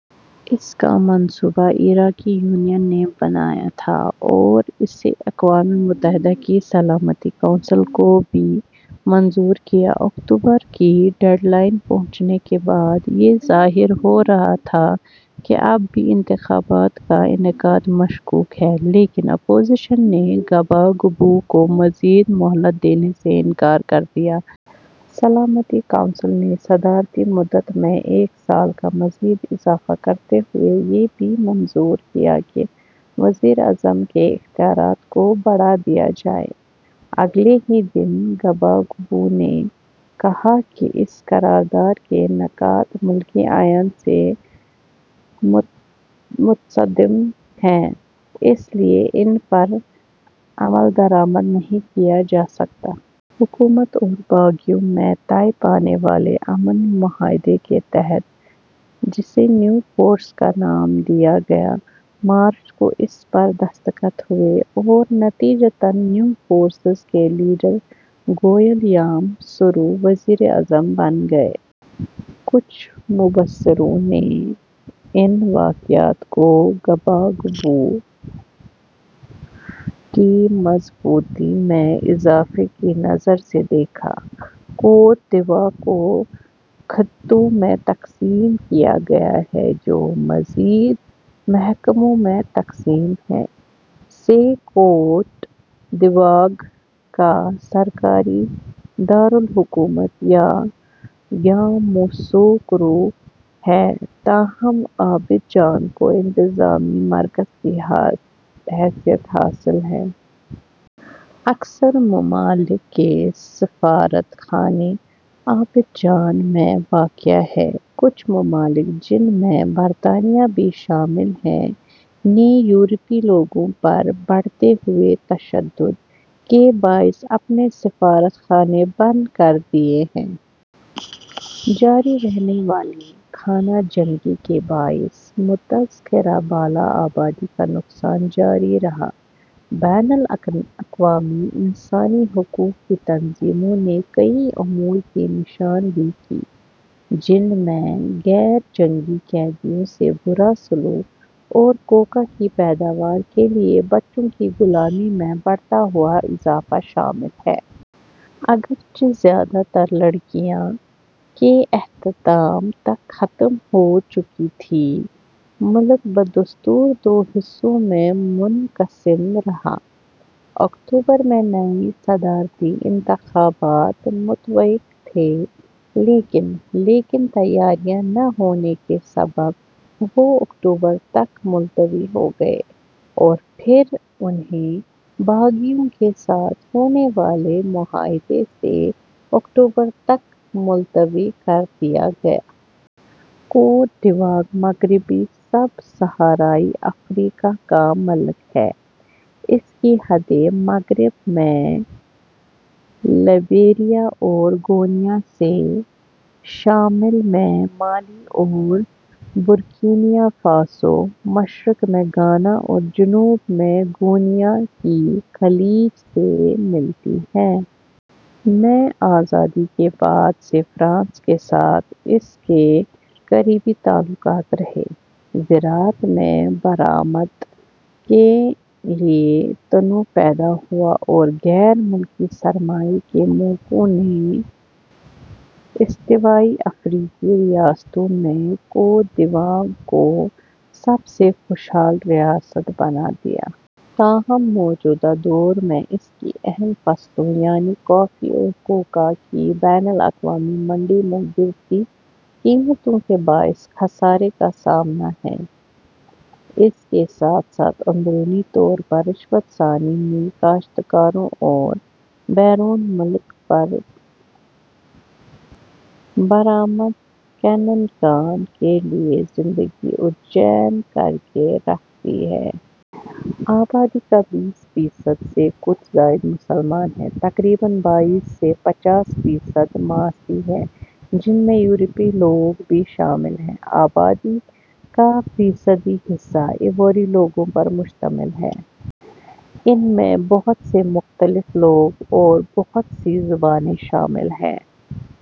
اس کا منصوبہ افریقی یونین نے بنایا تھا اور اسے اقوام متحدہ کی سلامتی کونسل نے بھی منظور کیا۔ اکتوبر کی ڈیڈ لائن پہنچنے کے بعد یہ ظاہر ہو رہا تھا کہ اب بھی انتخابات کا انعقاد مشکوک ہے لیکن اپوزیشن نے گباگبو کو مزید مہلت دینے سے انکار کر دیا۔ سلامتی کونسل نے صدارتی مدت میں ایک سال کا مزید اضافہ کرتے ہوئے یہ بھی منظور کیا کہ وزیر اعظم کے اختیارات کو بڑھا دیا جائے۔ اگلے ہی دن گباگبو نے کہا کہ اس قراردار کے نکات ملکی آئین سے متصادم ہیں اس لیے ان پر عملدرامد نہیں کیا جا سکتا۔ حکومت اور باغیوں میں طے پانے والے امن معاہدے کے تحت، جسے نیو فورس کا نام دیا گیا، مارچ کو اس پر دستخط ہوئے اور نتیجتاً نیوفورسز کے لیڈر گویلیام سورو وزیر اعظم بن گئے۔ کچھ مبصروں نے ان واقعات کو گباگبو کی مضبوطی میں اضافے کی نظر سے دیکھا۔ کوت دیواغ کو خطوں میں تقسیم کیا گیا ہے جو مزید محکموں میں منقسم ہیں۔ سے کوت دیواغ کا سرکاری دار الحکومت یاموسوکرو ہے تاہم عابدجان کو انتظامی مرکز کی حیثیت حاصل ہے۔ اکثر ممالک کے سفارت خانے عابدجان میں واقع ہیں۔ کچھ ممالک جن میں برطانیہ بھی شامل ہے، نے یورپی لوگوں پر بڑھتے ہوئے تشدد کے باعث اپنے سفارت خانے بند کر دیے ہیں۔ جاری رہنے والی خانہ جنگی کے باعث متذکرہ بالا آبادی کا نقصان جاری رہا۔ بین الاقوامی انسانی حقوق کی تنظیموں نے کئی امور کی نشان دہی کی جن میں غیر جنگی قیدیوں سے برا سلوک اور کوکا کی پیداوار کے لیے بچوں کی غلامی میں بڑھتا ہوا اضافہ شامل ہیں۔ اگرچہ زیادہ تر لڑائیاں کے اختتام تک ختم ہو چکی تھیں، ملک بدستور دو حصوں میں منقسم رہا۔ اکتوبر میں نئے صدارتی انتخابات متوقع تھے لیکن لیکن تیاریاں نہ ہونے کے سبب وہ اکتوبر تک ملتوی ہو گئے اور پھر انھیں باغیوں کے ساتھ ہونے والے معاہدے سے اکتوبر تک ملتوی کر دیا گیا۔ کوت دیواغ مغربی سب صحارائی افریقہ کا ملک ہے۔ اس کی حدیں مغرب میں لائیبریا اور گی آنا سے، شمال میں مالی اور برکینا فاسو، مشرق میں گھانا اور جنوب میں گی آنا کی خلیج سے ملتی ہیں۔ میں آزادی کے بعد سے فرانس کے ساتھ اس کے قریبی تعلقات رہے۔ زراعت میں برآمدات کے لے تنوع پیدا ہوا اور غیر ملکی سرمائے کے موقعوں نے استوائی افریقی ریاستوں میں کوت دیواغ کو سب سے خوش حال ریاست بنا دیا۔ تاہم موجودہ دور میں اس کی اہم فصلوں یعنی کافی اور کوکا کی بین الاقوامی منڈی میں گرتی قیمتوں کے باعث خسارے کا سامنا ہے۔ اس کے ساتھ ساتھ اندرونی طور پر رشوت ستانی نے کاشتکاروں اور بیرون ملک برآمد کنندگان کے لیے زندگی اجیرن کرکے رکھ دی ہے۔ آبادی کا بیس فی صد سے کچھ زائد مسلمان ہیں۔ تقریباً بائیس سے پچیس فی صد مسیحی ہیں جن میں یورپی لوگ بھی شامل ہیں۔ آبادی کا فیصدی حصہ آئیوری لوگوں پر مشتمل ہے۔ ان میں بہت سے مختلف لوگ اور بہت سی زبانیں شامل ہیں۔